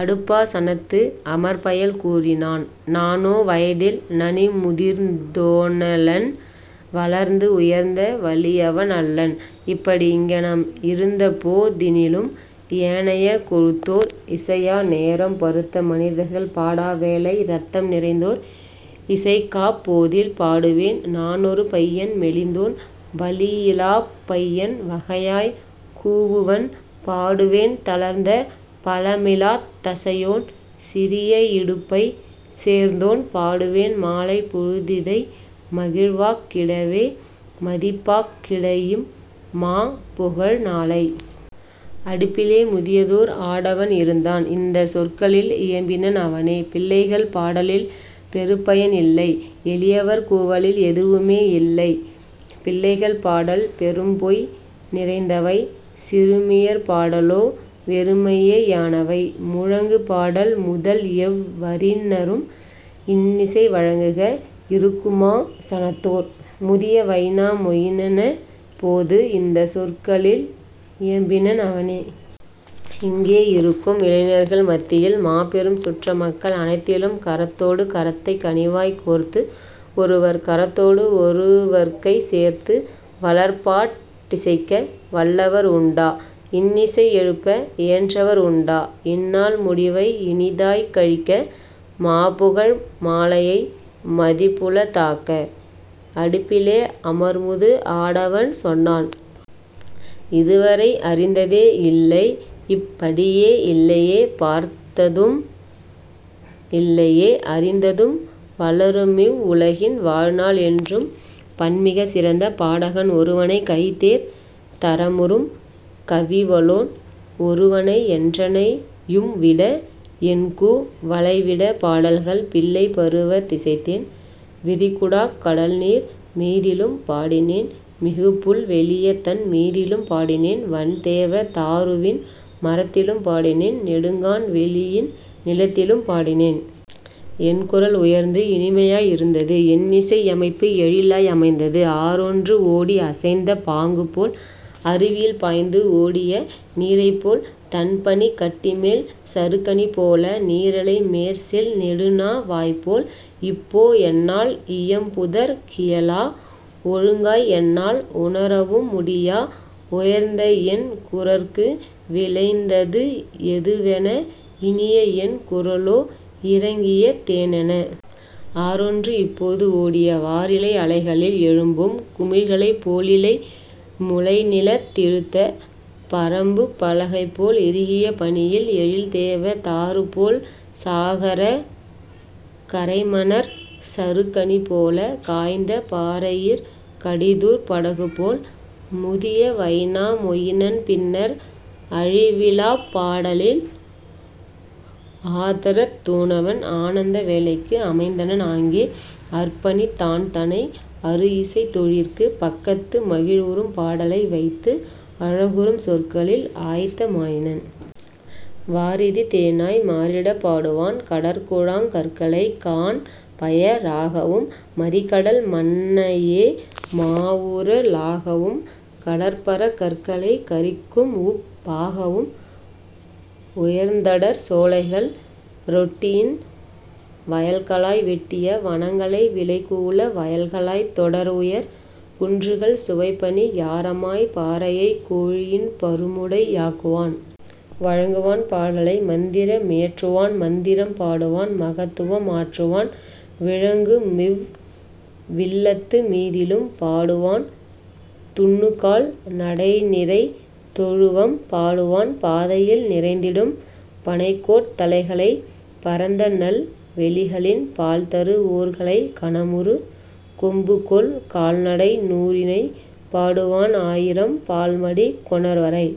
அடுப்பா சனத்து அமர்பயல் கூறினான். நானோ வயதில் நனிமுதிர்ந் தோனலன் வளர்ந்து உயர்ந்த வலியவன் அல்லன். இப்படி இங்ஙனம் இருந்தபோ தினிலும் ஏனைய கொழுத்தோர் இசையா நேரம் பருத்த மனிதர்கள் பாடா வேளை இரத்தம் நிறைந்தோர் இசைக்காப் போதில் பாடுவேன் நானொரு பையன் மெலிந்தோன் வலியிலாப் பையன் வகையாய்க் கூவுவன் பாடுவேன் தளர்ந்த பலமிலாத் தசையோன் சிறிய இடுப்பைச் சேர்ந்தோன் பாடுவேன் மாலைப் பொழுதிதை மகிழ்வாக் கிடவே மதிப்பாக் கிடஇம் மாபுகழ் நாளை. அடுப்பிலே முதியதோர் ஆடவன் இருந்தான். இந்தச் சொற்களில் இயம்பினன் அவனே. பிள்ளைகள் பாடலில் பெறுபயன் இல்லை எளியவர் கூவலில் எதுவுமே யில்லை பிள்ளைகள் பாடல் பெரும்பொய் நிறைந்தவை சிறுமியர் பாடலோ வெறுமையே யானவை. முழங்குக பாடல் முதல்எவ் வறிஞரும் இன்னிசை வழங்குக இருக்குமா சனத்தோர். முதிய வைனா மொயினனப் போது இந்தச் சொற்களில் இயம்பினன் அவனே. இங்கே இருக்கும் இளைஞர்கள் மத்தியில் மாபெரும் சுற்ற மக்கள் அனைத்திலும் கரத்தொடு கரத்தைக் கனிவாய்க் கோர்த்து ஒருவர் கரத்தொடு ஒருவர்கை சேர்த்து வளர்பாட் டிசைக்க வல்லவர் உண்டா. இன்னிசை எழுப்ப இயன்றவர் உண்டா. இந்நாள் முடிவை இனிதாய்க் கழிக்க மாபுகழ் மாலையை மதிப்புள தாக்க. அடுப்பிலே அமர்முது ஆடவன் சொன்னான். இதுவரை அறிந்ததே இல்லைஇப் படியே இல்லையே பார்த்ததும் இல்லையே அறிந்ததும் வளருமிவ் வுலகின் வாழ்நாள் என்றும் பண்மிகச் சிறந்த பாடகன் ஒருவனை கைதேர் தரமுறும் கவிவலோன் ஒருவனை என்றனை யும்விட என்கூ வலைவிட பாடல்கள் பிள்ளைப் பருவத் திசைத்தேன் விரிகுடாக் கடல்நீர் மீதிலும் பாடினேன் மிகுபுல் வெளியதன் மீதிலும் பாடினேன் வண்தேவ தாருவின் மரத்திலும் பாடினேன் நெடுங்கான் வெளியின் நிலத்திலும் பாடினேன். என்குரல் உயர்ந்து இனிமையாய் இருந்தது என்னிசை யமைப்பு எழிலாய் அமைந்தது ஆறொன்று ஓடி அசைந்த பாங்குபோல் அருவியில் பாய்ந்து ஓடிய நீரைப்போல் தண்பனிக் கட்டிமேல் சறுக்கணி போல நீரலை மேற்செல் நெடுநா வாய்போல். இப்போ என்னால் இயம்புதற் கியலா ஒழுங்காய் என்னால் உணரவும் முடியா உயர்ந்தஎன் குரற்கு விளைந்தது எதுவென இனியஎன் குரலோ இறங்கிய தேனென. ஆறொன்று இப்போது ஓடிய வாறிலை அலைகளில் எழும்பும் குமிழ்களைப் போலிலை முளைநிலத் திழுத்த பரம்புப் பலகைபோல் இறுகிய பனியில் எழில்தேவ தாருபோல் சாகரக் கரைமணற் சறுக்கணி போல காய்ந்த பாறையிற் கடிதூர் படகுபோல். முதிய வைனா மொயினன் பின்னர் அழிவிலாப் பாடலின் ஆதரத் தூணவன் ஆனந்த வேலைக்கு அமைந்தனன் ஆங்கே அர்ப்பணித் தான்தனை அருஇசைத் தொழிற்கு பக்கத்து மகிழ்வுறும் பாடலை வைத்து அழகுறும் சொற்களில் ஆயத்த மாயினன். வாரிதி தேனாய் மாறிடப் பாடுவான் கடற்குழாங் கற்களை காண் பய றாகவும் மறிகடல் மண்ணையே மாவூற லாகவும் கடற்பரற் கற்களைக் கரிக்கும்உப் பாகவும் உயர்ந்தடர் சோலைகள் ரொட்டியின் வயல்களாய் வெட்டிய வனங்களை விளைகூல வயல்களாய் தொடர்உயர் குன்றுகள் சுவைப்பணி யாரமாய் பாறையைக் கோழியின் பருமுடை யாக்குவான். வழங்குவான் பாடலை மந்திர மியற்றுவான் மந்திரம் பாடுவான் மகத்துவம் ஆற்றுவான் விழங்குமிவ் வில்லத்து மீதிலும் பாடுவான் துன்னுகால் நடைநிறை தொழுவம் பாடுவான் பாதையில் நிறைந்திடும் பணைக்கோட் தலைகளை பரந்தநல் வெளிகளின் பால்தரு வோர்களை கனமுறு கொம்புகொள் கால்நடை நூறினை பாடுவான் ஆயிரம் பால்மடி கொணர்வரை.